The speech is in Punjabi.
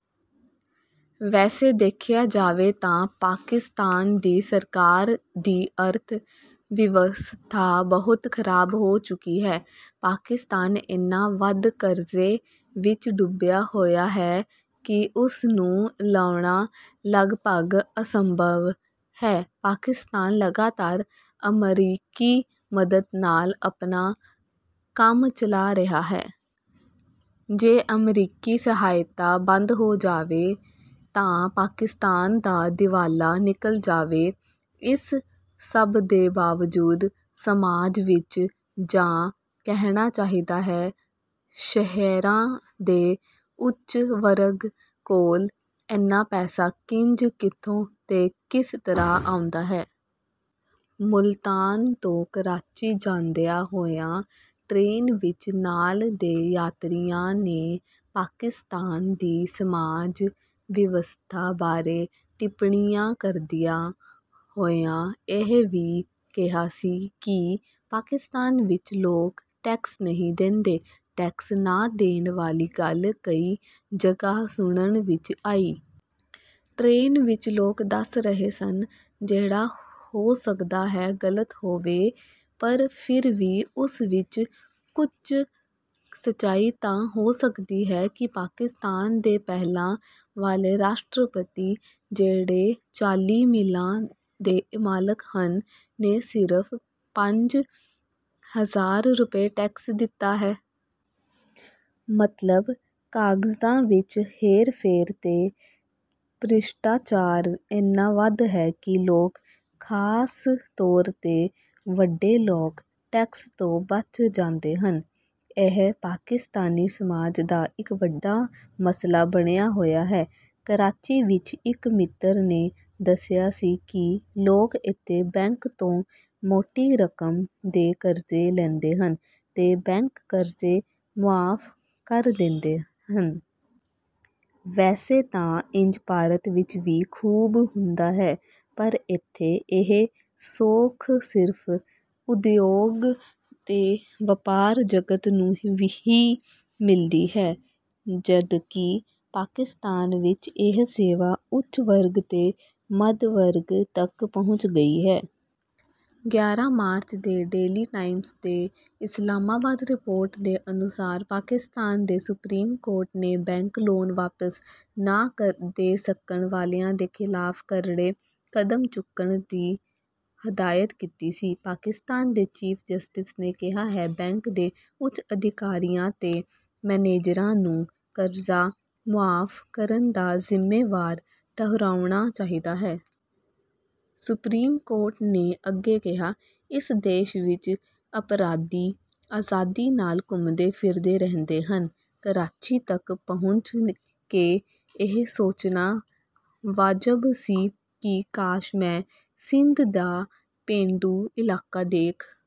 ਵੈਸੇ ਦੇਖਿਆ ਜਾਵੇ ਤਾਂ ਪਾਕਿਸਤਾਨ ਦੀ ਸਰਕਾਰ ਦੀ ਅਰਥ ਵਿਵਸਥਾ ਬਹੁਤ ਖ਼ਰਾਬ ਹੋ ਚੁੱਕੀ ਹੈ। ਪਾਕਿਸਤਾਨ ਇੰਨਾ ਵੱਧ ਕਰਜ਼ੇ ਵਿਚ ਡੁੱਬਿਆ ਹੋਇਆ ਹੈ ਕਿ ਉਸ ਨੂੰ ਲਾਹੁਣਾ ਲਗਭਗ ਅਸੰਭਵ ਹੈ। ਪਾਕਿਸਤਾਨ ਲਗਾਤਾਰ ਅਮਰੀਕੀ ਮਦਦ ਨਾਲ ਆਪਣਾ ਕੰਮ ਚਲਾ ਰਿਹਾ ਹੈ। ਜੇ ਅਮਰੀਕੀ ਸਹਾਇਤਾ ਬੰਦ ਹੋ ਜਾਵੇ ਤਾਂ ਪਾਕਿਸਤਾਨ ਦਾ ਦਿਵਾਲਾ ਨਿਕਲ ਜਾਵੇ। ਇਸ ਸਭ ਦੇ ਬਾਵਜੂਦ ਸਮਾਜ ਵਿਚ, ਜਾਂ ਕਹਿਣਾ ਚਾਹੀਦਾ ਹੈ, ਸ਼ਹਿਰਾਂ ਦੇ ਉੱਚ-ਵਰਗ ਕੋਲ ਇੰਨਾ ਪੈਸਾ ਕਿੰਜ, ਕਿੱਥੋਂ ਤੇ ਕਿਸ ਤਰ੍ਹਾਂ ਆਉਂਦਾ ਹੈ...? ਮੁਲਤਾਨ ਤੋਂ ਕਰਾਚੀ ਜਾਂਦਿਆਂ ਹੋਇਆ ਟਰੇਨ ਵਿਚ ਨਾਲ ਦੇ ਯਾਤਰੀਆਂ ਨੇ ਪਾਕਿਸਤਾਨ ਦੀ ਸਮਾਜ ਵਿਵਸਥਾ ਬਾਰੇ ਟਿੱਪਣੀਆਂ ਕਰਦਿਆਂ ਹੋਇਆਂ ਇਹ ਵੀ ਕਿਹਾ ਸੀ ਕਿ ਪਾਕਿਸਤਾਨ ਵਿਚ ਲੋਕ ਟੈਕਸ ਨਹੀਂ ਦਿੰਦੇ। ਟੈਕਸ ਨਾ ਦੇਣ ਵਾਲੀ ਗੱਲ ਕਈ ਜਗ੍ਹਾ ਸੁਣਨ ਵਿਚ ਆਈ। ਟਰੇਨ ਵਿਚ ਲੋਕ ਦੱਸ ਰਹੇ ਸਨ, ਜਿਹੜਾ ਹੋ ਸਕਦਾ ਹੈ ਗ਼ਲਤ ਹੋਵੇ, ਪਰ ਫਿਰ ਵੀ ਉਸ ਵਿਚ ਕੁਝ ਸੱਚਾਈ ਤਾਂ ਹੋ ਸਕਦੀ ਹੈ, ਕਿ ਪਾਕਿਸਤਾਨ ਦੇ ਪਹਿਲਾਂ ਵਾਲੇ ਰਾਸ਼ਟਰਪਤੀ, ਜਿਹੜੇ ਚਾਲੀ ਮਿਲਾਂ ਦੇ ਮਾਲਕ ਹਨ, ਨੇ ਸਿਰਫ਼ ਪੰਜ ਹਜ਼ਾਰ ਰੁਪਏ ਟੈਕਸ ਦਿੱਤਾ ਹੈ। ਮਤਲਬ ਕਾਗਜ਼ਾਂ ਵਿਚ ਹੇਰ-ਫੇਰ ਤੇ ਭ੍ਰਿਸ਼ਟਾਚਾਰ ਇੰਨਾ ਵੱਧ ਹੈ ਕਿ ਲੋਕ, ਖ਼ਾਸ ਤੌਰ ’ਤੇ ਵੱਡੇ ਲੋਕ, ਟੈਕਸ ਤੋਂ ਬਚ ਜਾਂਦੇ ਹਨ। ਇਹ ਪਾਕਿਸਤਾਨੀ ਸਮਾਜ ਦਾ ਇਕ ਵੱਡਾ ਮਸਲਾ ਬਣਿਆ ਹੋਇਆ ਹੈ। ਕਰਾਚੀ ਵਿਚ ਇਕ ਮਿੱਤਰ ਨੇ ਦੱਸਿਆ ਸੀ ਕਿ ਲੋਕ ਇੱਥੇ ਬੈਂਕ ਤੋਂ ਮੋਟੀ ਰਕਮ ਦੇ ਕਰਜ਼ੇ ਲੈਂਦੇ ਹਨ ਤੇ ਬੈਂਕ ਕਰਜ਼ੇ ਮੁਆਫ਼ ਕਰ ਦਿੰਦੇ ਹਨ। ਵੈਸੇ ਤਾਂ ਇੰਜ ਭਾਰਤ ਵਿਚ ਵੀ ਖ਼ੂਬ ਹੁੰਦਾ ਹੈ। ਪਰ ਇੱਥੇ ਇਹ ਸੌਖ ਸਿਰਫ਼ ਉਦਯੋਗ ਤੇ ਵਪਾਰ ਜਗਤ ਨੂੰ ਹੀ ਮਿਲਦੀ ਹੈ, ਜਦਕਿ ਪਾਕਿਸਤਾਨ ਵਿਚ ਇਹ ‘ਸੇਵਾ’ ਉੱਚ ਵਰਗ ਤੇ ਮੱਧ ਵਰਗ ਤਕ ਪਹੁੰਚ ਗਈ ਹੈ। ਗਿਆਰਾਂ ਮਾਰਚ ਦੇ ਡੇਲੀ ਟਾਈਮਸ ਦੇ ਇਸਲਾਮਾਬਾਦ ਰਿਪੋਰਟ ਦੇ ਅਨੁਸਾਰ, ਪਾਕਿਸਤਾਨ ਦੇ ਸੁਪਰੀਮ ਕੋਰਟ ਨੇ ਬੈਂਕ ‘ਲੋਨ’ ਵਾਪਸ ਨਾ ਦੇ ਸਕਣ ਵਾਲਿਆਂ ਦੇ ਖ਼ਿਲਾਫ਼ ਕਰੜੇ ਕਦਮ ਚੁੱਕਣ ਦੀ ਹਦਾਇਤ ਕੀਤੀ ਸੀ। ਪਾਕਿਸਤਾਨ ਦੇ ਚੀਫ਼ ਜਸਟਿਸ ਨੇ ਕਿਹਾ ਹੈ, ਬੈਂਕ ਦੇ ਉੱਚ ਅਧਿਕਾਰੀਆਂ ਤੇ ਮੈਨੇਜਰਾਂ ਨੂੰ ਕਰਜ਼ਾ ਮੁਆਫ਼ ਕਰਨ ਦਾ ਜ਼ਿੰਮੇਵਾਰ ਠਹਿਰਾਉਣਾ ਚਾਹੀਦਾ ਹੈ। ਸੁਪਰੀਮ ਕੋਰਟ ਨੇ ਅੱਗੇ ਕਿਹਾ, ਇਸ ਦੇਸ਼ ਵਿਚ ਅਪਰਾਧੀ ਆਜ਼ਾਦੀ ਨਾਲ ਘੁੰਮਦੇ ਫਿਰਦੇ ਰਹਿੰਦੇ ਹਨ। ਕਰਾਚੀ ਤਕ ਪਹੁੰਚ ਕੇ ਇਹ ਸੋਚਣਾ ਵਾਜਬ ਸੀ ਕਿ ਕਾਸ਼ ਮੈਂ ਸਿੰਧ ਦਾ ਪੇਂਡੂ ਇਲਾਕਾ ਦੇਖ...